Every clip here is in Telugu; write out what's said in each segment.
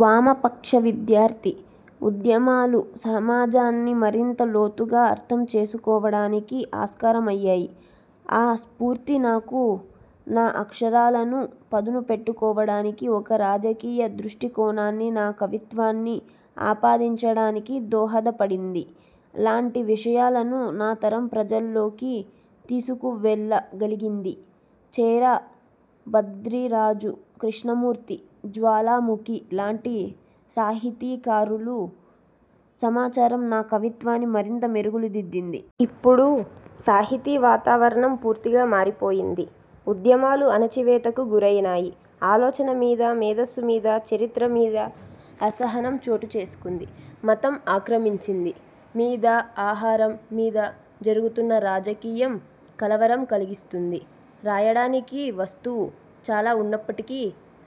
వామపక్ష విద్యార్థి ఉద్యమాలు సమాజాన్ని మరింత లోతుగా అర్థం చేసుకోవడానికి ఆస్కారమయ్యాయి. ఆ స్ఫూర్తి, నాకు నా అక్షరాలను పదునుపెట్టుకోవడానికీ, ఒక రాజకీయ దృష్టికోణాన్ని నా కవిత్వాన్ని ఆపాదించడానికీ దోహదపడింది లాంటి విషయాలను నా తరం ప్రజల్లోకి తీసుకువెళ్ళ గలిగింది. చేరా, భద్రిరాజు కృష్ణమూర్తి, జ్వాలాముఖి లాంటి సాహితీకారులు సమాచారం నా కవిత్వానికి మరింత మెరుగులు దిద్దింది. ఇప్పుడు సాహితీ వాతావరణం పూర్తిగా మారిపోయింది. ఉద్యమాలు అణచివేతకు గురైనాయి. ఆలోచన మీద, మేధస్సు మీద, చరిత్ర మీద అసహనం చోటు చేసుకుంది. మతం ఆక్రమించింది. మీద, ఆహారం మీద జరుగుతున్న రాజకీయం కలవరం కలిగిస్తుంది. రాయడానికి వస్తువు చాలా ఉన్నప్పటికీ,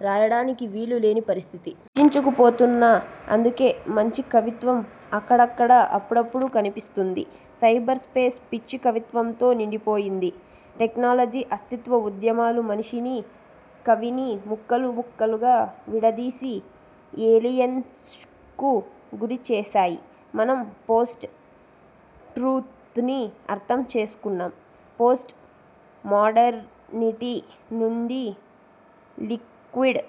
రాయడానికి వీలు లేని పరిస్థితి. కుంచించుకుపోతున్న అందుకే మంచి కవిత్వం అక్కడక్కడ అప్పుడప్పడు కనిపిస్తుంది. సైబర్ స్పేస్ పిచ్చి కవిత్వంతో నిండిపోయింది. టెక్నాలజీ, అస్తిత్వ ఉద్యమాలు మనిషినీ, కవినీ ముక్కలు ముక్కలుగా విడదీసి ఏలియనషన్కు గురిచేసాయి. మనం పోస్ట్ ట్రూత్ ని అర్థం చేసుకున్నాం. పోస్ట్ మోడర్నిటీ నుండి లిక్విడ్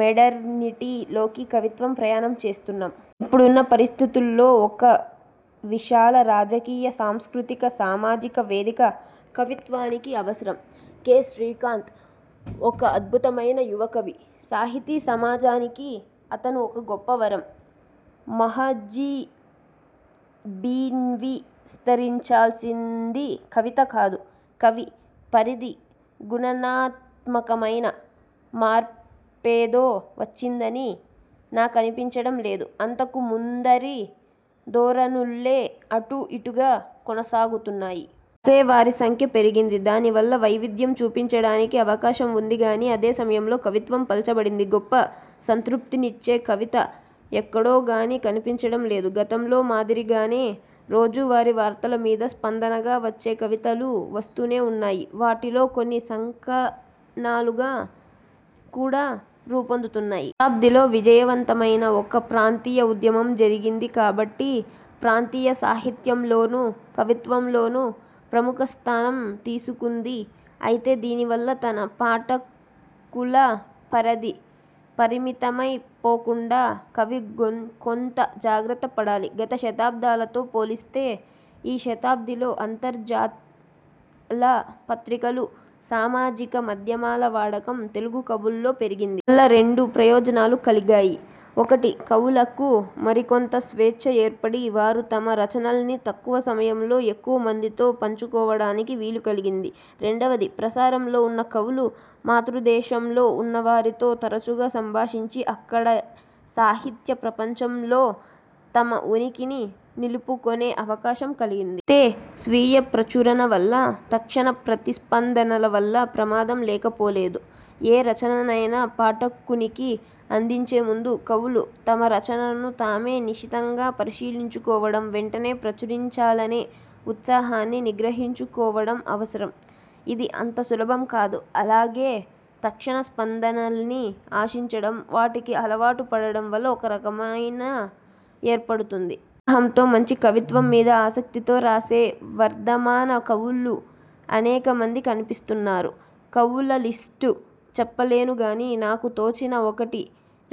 మేడర్నిటీలోకి కవిత్వం ప్రయాణం చేస్తున్నాం. ఇప్పుడున్న పరిస్థితుల్లో ఒక విశాల రాజకీయ, సాంస్కృతిక, సామాజిక వేదిక కవిత్వానికి అవసరం. కె. శ్రీకాంత్ ఒక అద్భుతమైన యువ కవి. సాహితీ సమాజానికి అతను ఒక గొప్ప వరం. మహెజీబీన్విస్తరించాల్సింది కవిత కాదు, కవి పరిధి గుణణాత్మకమైన మార్పేదో వచ్చిందని నాకనిపించటం లేదు. అంతకు ముందరి ధోరణులే అటూ ఇటూగా కొనసాగుతున్నాయి. రాసేవారి సంఖ్య పెరిగింది. దానివల్ల వైవిధ్యం చూపించటానికి అవకాశం ఉంది గాని, అదే సమయంలో కవిత్వం పలచబడింది. గొప్ప సంతృప్తినిచ్చే కవిత ఎక్కడోగాని కనిపించటం లేదు. గతంలో మాదిరి గానే, రోజువారీ వార్తల మీద స్పందనగా వచ్చే కవితలు వస్తూనే ఉన్నాయి. వాటిలో కొన్ని సంకనాలుగా కూడా రూపొందుతున్నాయి. ఈ దశాబ్దిలో విజయవంతమైన ఒక ప్రాంతీయ ఉద్యమం జరిగింది కాబట్టి, ప్రాంతీయ సాహిత్యంలోనూ, కవిత్వంలోనూ ప్రముఖ స్థానం తీసుకుంది. ఐతే, దీనివల్ల తన పాఠకుల పరధి పరిమితమై పోకుండా కవి కొంత జాగ్రత్త పడాలి. గత శతబ్దాలతో పోలిస్తే, ఈ శతబ్దిలో అంతర్జాల పత్రికలు, సామాజిక మాధ్యమాల వాడకం తెలుగు కవుల్లో పెరిగింది. దీనివల్ల రెండు ప్రయోజనాలు కలిగాయి. ఒకటి కవులకు మరికొంత స్వేచ్ఛ ఏర్పడి, వారు తమ రచనల్ని తక్కువ సమయంలో ఎక్కువమందితో పంచుకోవటానికి వీలు కలిగింది. రెండవది, ప్రసారంలో ఉన్న కవులు మాతృదేశంలో ఉన్నవారితో తరచుగా సంభాషించి అక్కడ సాహిత్య ప్రపంచంలో తమ ఉనికిని నిలుపుకొనే అవకాశం కలిగింది. ఐతే, స్వీయ ప్రచురణ వల్ల, తక్షణ ప్రతిస్పందనల వల్ల ప్రమాదం లేకపోలేదు. ఏ రచననైనా పాఠకునికి అందించే ముందు, కవులు తమ రచనను తామే నిశితంగా పరిశీలించుకోవటం, వెంటనే ప్రచురించాలనే ఉత్సాహాన్ని నిగ్రహించుకోవటం అవసరం. ఇది అంత సులభం కాదు. అలాగే, తక్షణ స్పందనల్ని ఆశించటం, వాటికి అలవాటు పడటం వల్ల ఒక రకమైన ఏర్పడుతుంది. ఉత్సాహంతో, మంచి కవిత్వం మీద ఆసక్తితో రాసే వర్దమాన కవులు అనేక మంది కనిపిస్తున్నారు. కవుల లిష్టు చెప్పలేనుగాని, నాకు తోచిన ఒకటి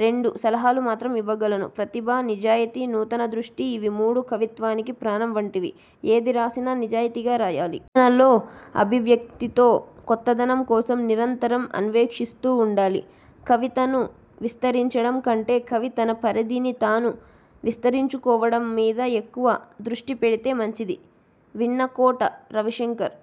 రెండు సలహాలు మాత్రం ఇవ్వగలను. ప్రతిభ, నిజాయితీ, నూతన దృష్టి ఇవి మూడూ కవిత్వానికి ప్రాణం వంటివి. ఏది రాసినా నిజాయితీగా రాయాలి. ఆలోచనలో, అభివ్యక్తిలో కొత్తదనం కోసం నిరంతరం అన్వేషిస్తూ ఉండాలి. కవితను విస్తరించటం కంటే, కవి తన పరిధిని తాను విస్తరించుకోవటం మీద ఎక్కువ దృష్టి పెడితే మంచిది. విన్నకోట రవిశంకర్